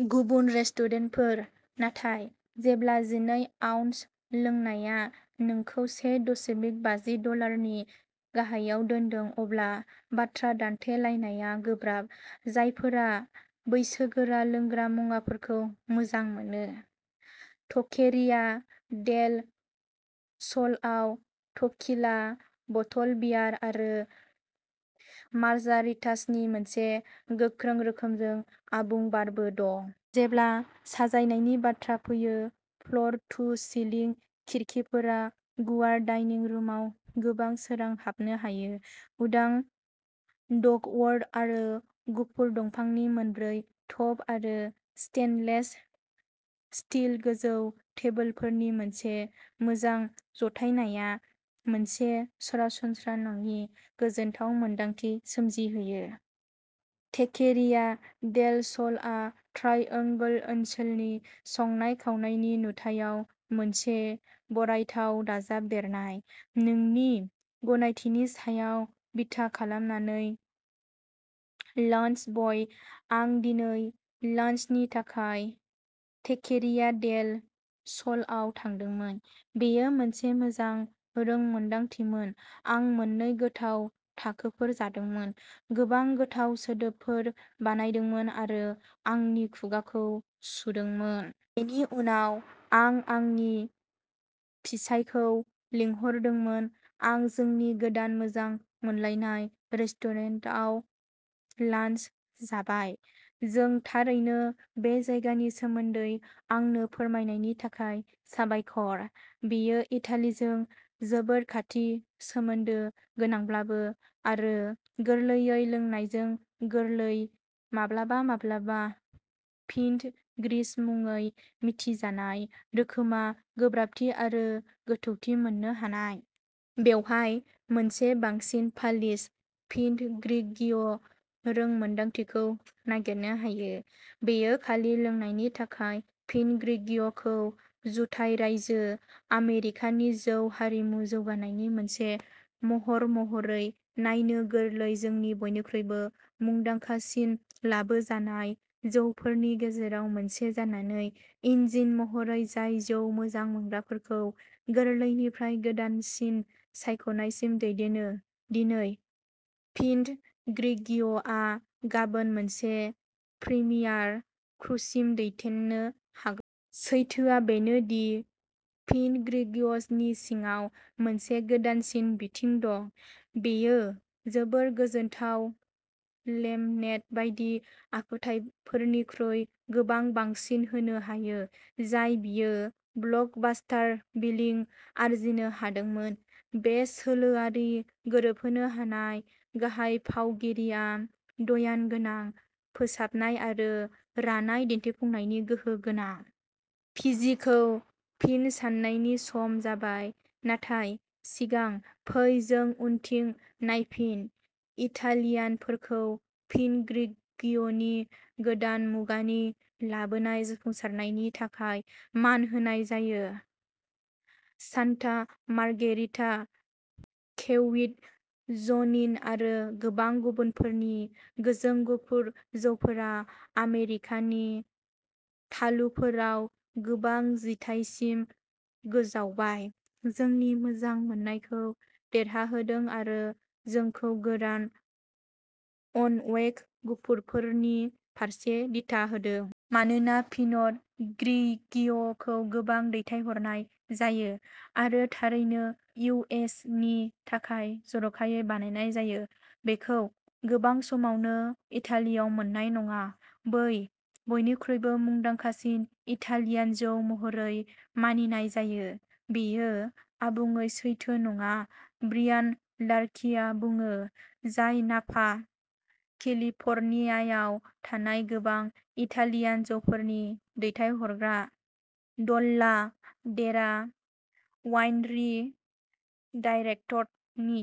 गुबुन रेस्टुरेन्टफोर। नाथाय जेब्ला जिनै आउन्स लोंनाया नोंखौ से दशमिक बाजि डलारनि गाहायाव दोन्दों अब्ला बाथ्रा दान्थेलायनाया गोब्राब। जायफोरा बैसोगोरा लोंग्रा मुवाफोरखौ मोजां मोनो, टकेरिया डेल स'लआव टकीला, बथल बियार आरो मार्जारितासनि मोनसे गोख्रों रोखोमजों आबुं बारबो दं। जेब्ला साजायनायनि बाथ्रा फैयो, फ्ल'र टु सिलिं खिरखिफोरा गुवार डाइनिं रुमआव गोबां सोरां हाबनो होयो। उदां डक्टवर्क आरो गुफुर दंफांनि मोनब्रै टप आरो स्टेइनलेस स्टील गोजौ टेबोलफोरनि मोनसे मोजां जथायनाया मोनसे सरासनस्रा नङि गोजोनथाव मोनदांथि सोमजिहोयो। टकेरिया डेल स'लआ ट्राइएंगल ओनसोलनि संनाय-खावनायनि नुथायाव मोनसे बरायथाव दाजाबदेरनाय। नोंनि गनायथिनि सायाव बिथा खालामनानै लान्चब'य, आं दिनै लान्चनि थाखाय टकेरिया डेल स'लआव थांदोंमोन। बेयो मोनसे मोजां रोंमोनदांथिमोन। आं मोननै गोथाव टाकोफोर जादोंमोन, गोबां गोथाव सोदोबफोर बानायदोंमोन आरो आंनि खुगाखौ सुदोंमोन। बेनि उनाव आं आंनि फिसायखौ लिंहरदोंमोन आं जोंनि गोदान मोजां मोनजानाय रेस्टुरेन्टाव लान्च जाबाय। जों थारैनो बे जायगानि सोमोन्दै आंनो फोरमायनायनि थाखाय साबायखर। बेयो इटालिजों जोबोद खाथि सोमोन्दो गोनांब्लाबो, आरो गोरलैयै लोंनायजों गोरलै, माब्लाबा-माब्लाबा पिनट ग्रिस मुङै मिथिजानाय रोखोमआ गोब्राबथि आरो गोथौथि मोननो हानाय। बेवहाय मोनसे बांसिन पालिश पिनट ग्रिगिय' रोंमोन्दांथिखौ नागिरनो हायो। बेनि खालि लोंनायनि थाखाय, पिनट ग्रिगिय'खौ जुथाइ रायजो आमेरिकानि जौ हारिमु जौगानायनि मोनसे महर महरै नायनो गोरलै आरो जोंनि बयनिख्रुइबो मुंदांखासिन लाबोजानाय जौफोरनि गेजेराव मोनसे जानानै, इन्जिन महरै जाय जौ मोजां मोनग्राफोरखौ गोरलैनिफ्राय गोदानसिन सायख'नायसिम दैदेनो दिनै पिनट ग्रिगिय'आ गाबोन मोनसे प्रिमियार क्रुसिम दैदेननो हागौ। सैथोआ बेनो दि पिनट ग्रिगिय' नि सिगाङाव मोनसे गोदानसिन बिथिं दं। बेयो जोबोद गोजोनथाव, लेमनेड बायदि आखुथायफोरनिख्रुइ गोबां बांसिन होनो हायो जाय बेयो ब्लकबास्टार बिलिं आर्जिनो हादोंमोन। बे सोलोआरि गोरोबहोनो हानाय गाहाय फावगिरिया ध्यानगोनां, फोसाबनाय आरो रानाय दिन्थिफुंनायनि गोहो गोनां। पि जि खौ फिन साननायनि सम जाबाय। नाथाय सिगां, फै जों उनथिं नायफिन। इटालियानफोरखौ पिनट ग्रिगिय'नि गोदान मुगानि लाबोनाय जाफुंसारनायनि थाखाय मान होनाय जायो। सान्ता मार्घेरिटा, केविट ज'निन आरो गोबां गुबुनफोरनि गोजों गुफुर जौफोरा आमेरिकानि थालुफोराव गोबां जिथाइसिम गोजावबाय, जोंनि मोजां मोननायखौ देरहाहोदों आरो जोंखौ गोरान, अनअकेड गुफुरफोरनि फारसे दिथा होदों। मानोना पिनट ग्रिगिय'खौ गोबां दैथायहरनाय जायो आरो थारैनो इउ एस नि थाखाय जर'खायै बानायनाय जायो, बेखौ गोबां समावनो इटालियाव मोन्नाय नङा बै बयनिख्रुइबो मुंदांखासिन इटालियान जौ महरै मानिनाय जायो। बेयो आबुङै सैथो नङा ब्रियान लार्कीआ बुङो, जाय नापा, केलिफ'र्नियायाव थानाय गोबां इटालियान जौफोरनि दैथायहरग्रा, डल्ला टेरा वाइनरी डाइरेक्टनि।